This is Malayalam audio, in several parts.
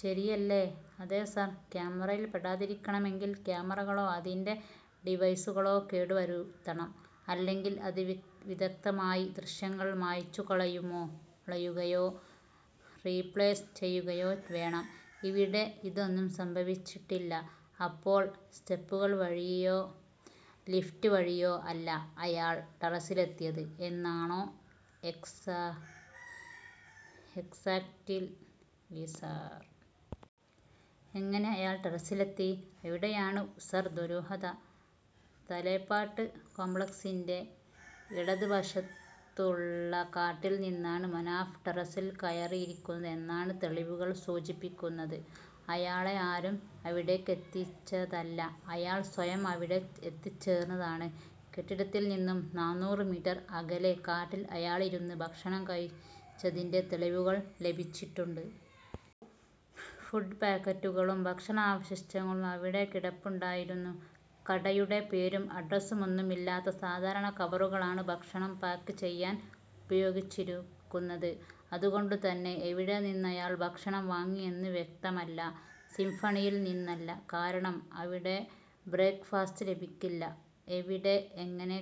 ശരിയല്ലേ? " "അതെ സർ. ക്യാമറയിൽ പെടാതിരിക്കണമെങ്കിൽ ക്യാമറകളോ അതിന്റെ ഡിവൈസുകളോ കേടു വരുത്തണം. അല്ലെങ്കിൽ അതിവിദഗ്ധമായി ദൃശ്യങ്ങൾ മായ്ച്ചു കളയുകയോ, റീപ്ലേസ് ചെയ്യുകയോ വേണം. ഇവിടെ ഇതൊന്നും സംഭവിച്ചിട്ടില്ല. " "അപ്പോൾ സ്റ്റെപ്പുകൾ വഴിയോ ലിഫ്റ്റ് വഴിയോ അല്ല അയാൾ ടെറസിലെത്തിയത് എന്നാണോ...? " "എക്സാക്റ്റ്ലി സർ...! " "എങ്ങനെ അയാൾ ടെറസിലെത്തി? " "അവിടെയാണ് സർ ദുരൂഹത. 'തേലേപ്പാട്ട് കോംപ്ലക്സി'ന്റെ ഇടത് വശത്തുള്ള കാട്ടിൽ നിന്നാണ് മനാഫ് ടെറസിൽ കയറിയിരിക്കുന്നത് എന്നാണ് തെളിവുകൾ സൂചിപ്പിക്കുന്നത്. അയാളെ ആരും അവിടേക്കെത്തിച്ചതല്ല. അയാൾ സ്വയം അവിടെ എത്തിച്ചേർന്നതാണ്. കെട്ടിടത്തിൽ നിന്നും നാനൂറ് മീറ്റർ അകലെ കാട്ടിൽ അയാളിരുന്ന് ഭക്ഷണം കഴിച്ചതിന്റെ തെളിവുകൾ ലഭിച്ചിട്ടുണ്ട്. ഫുഡ് പാക്കറ്റുകളും, ഭക്ഷണാവശിഷ്ടങ്ങളും അവിടെ കിടപ്പുണ്ടായിരുന്നു. കടയുടെ പേരും അഡ്രസുമൊന്നുമില്ലാത്ത സാധാരണ കവറുകളാണ് ഭക്ഷണം പാക്ക് ചെയ്യാൻ ഉപയോഗിച്ചിരിക്കുന്നത്. അതുകൊണ്ടു തന്നെ എവിടെ നിന്നാണയാൾ ഭക്ഷണം വാങ്ങിയതെന്ന് വ്യക്തമല്ല. സിംഫണിയിൽ നിന്നല്ല. കാരണം അവിടെ ബ്രേക്ക് ഫാസ്റ്റ് ലഭിക്കില്ല. " 'എവിടെ, എങ്ങനെ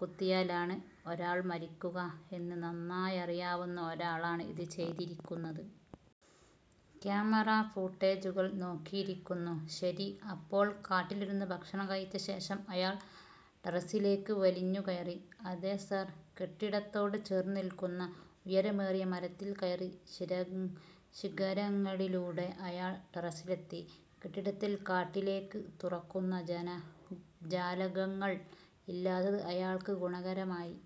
കുത്തിയാലാണ് ഒരാൾ മരിക്കുക എന്ന് നന്നായറിയാവുന്ന ഒരാളാണ് ഇത് ചെയ്തിരിക്കുന്നത്... ക്യാമറാ ഫൂട്ടേജുകൾ നോക്കിയിരുന്നു. " "ശരി. അപ്പോൾ കാട്ടിലിരുന്ന് ഭക്ഷണം കഴിച്ച ശേഷം അയാൾ ടെറസിലേക്ക് വലിഞ്ഞു കയറി. " "അതെ സർ. കെട്ടിടത്തോട് ചേർന്ന് നിൽക്കുന്ന ഉയരമേറിയ മരത്തിൽ കയറി ശിഖരങ്ങളിലൂടെ അയാൾ ടെറസിലെത്തി. കെട്ടിടത്തിൽ കാട്ടിലേക്ക് തുറക്കുന്ന ജാലകങ്ങൾ ഇല്ലാത്തത് അയാൾക്ക് ഗുണകരമായി.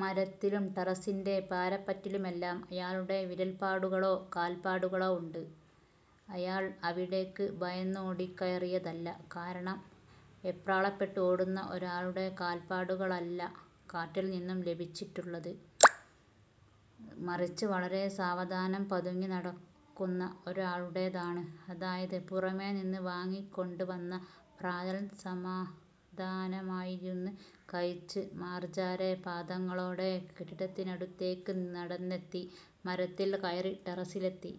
മരത്തിലും ടെറസിന്റെ പാരപ്പറ്റിലുമെല്ലാം അയാളുടെ വിരൽപ്പാടുകളോ കാൽപ്പാടുകളോ ഉണ്ട്. അയാൾ അവിടേക്ക് ഭയന്നോടിക്കയറിയതല്ല. കാരണം വെപ്രാളപ്പെട്ട് ഓടുന്ന ഒരാളുടെ കാൽപ്പാടുകളല്ല കാട്ടിൽ നിന്നും ലഭിച്ചിട്ടുള്ളത്. മറിച്ച് വളരെ സാവധാനം പതുങ്ങി നടക്കുന്ന ഒരാളുടേതാണ്. " "അതായത് പുറമേ നിന്ന് വാങ്ങിക്കൊണ്ട് വന്ന പ്രാതൽ സമാധാനമായിരുന്ന് കഴിച്ച്, മാർജാര പാദങ്ങളോടെ കെട്ടിടത്തിനടുത്തേക്ക് നടന്നെത്തി, മരത്തിൽ കയറി ടെറസിലെത്തി.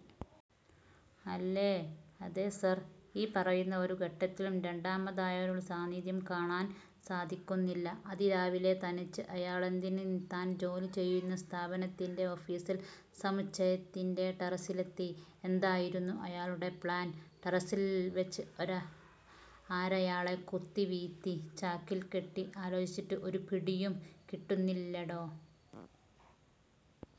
അല്ലേ? " "അതെ സർ. ഈ പറയുന്ന ഒരു ഘട്ടത്തിലും രണ്ടാമതൊരാളുടെ സാന്നിധ്യം കാണാൻ സാധിക്കുന്നുമില്ല. " "അതിരാവിലെ, തനിച്ച് അയാളെന്തിന് താൻ ജോലി ചെയ്യുന്ന സ്ഥാപനത്തിന്റെ ഓഫീസ് സമുച്ചയത്തിന്റെ ടെറസിലെത്തി? എന്തായിരുന്നു അയാളുടെ പ്ലാൻ? ടെറസിൽ വെച്ച് ആരയാളെ കുത്തി വീഴ്ത്തി? ചാക്കിൽക്കെട്ടി? ആലോചിച്ചിട്ട് ഒരു പിടിയും കിട്ടുന്നില്ലല്ലോടോ...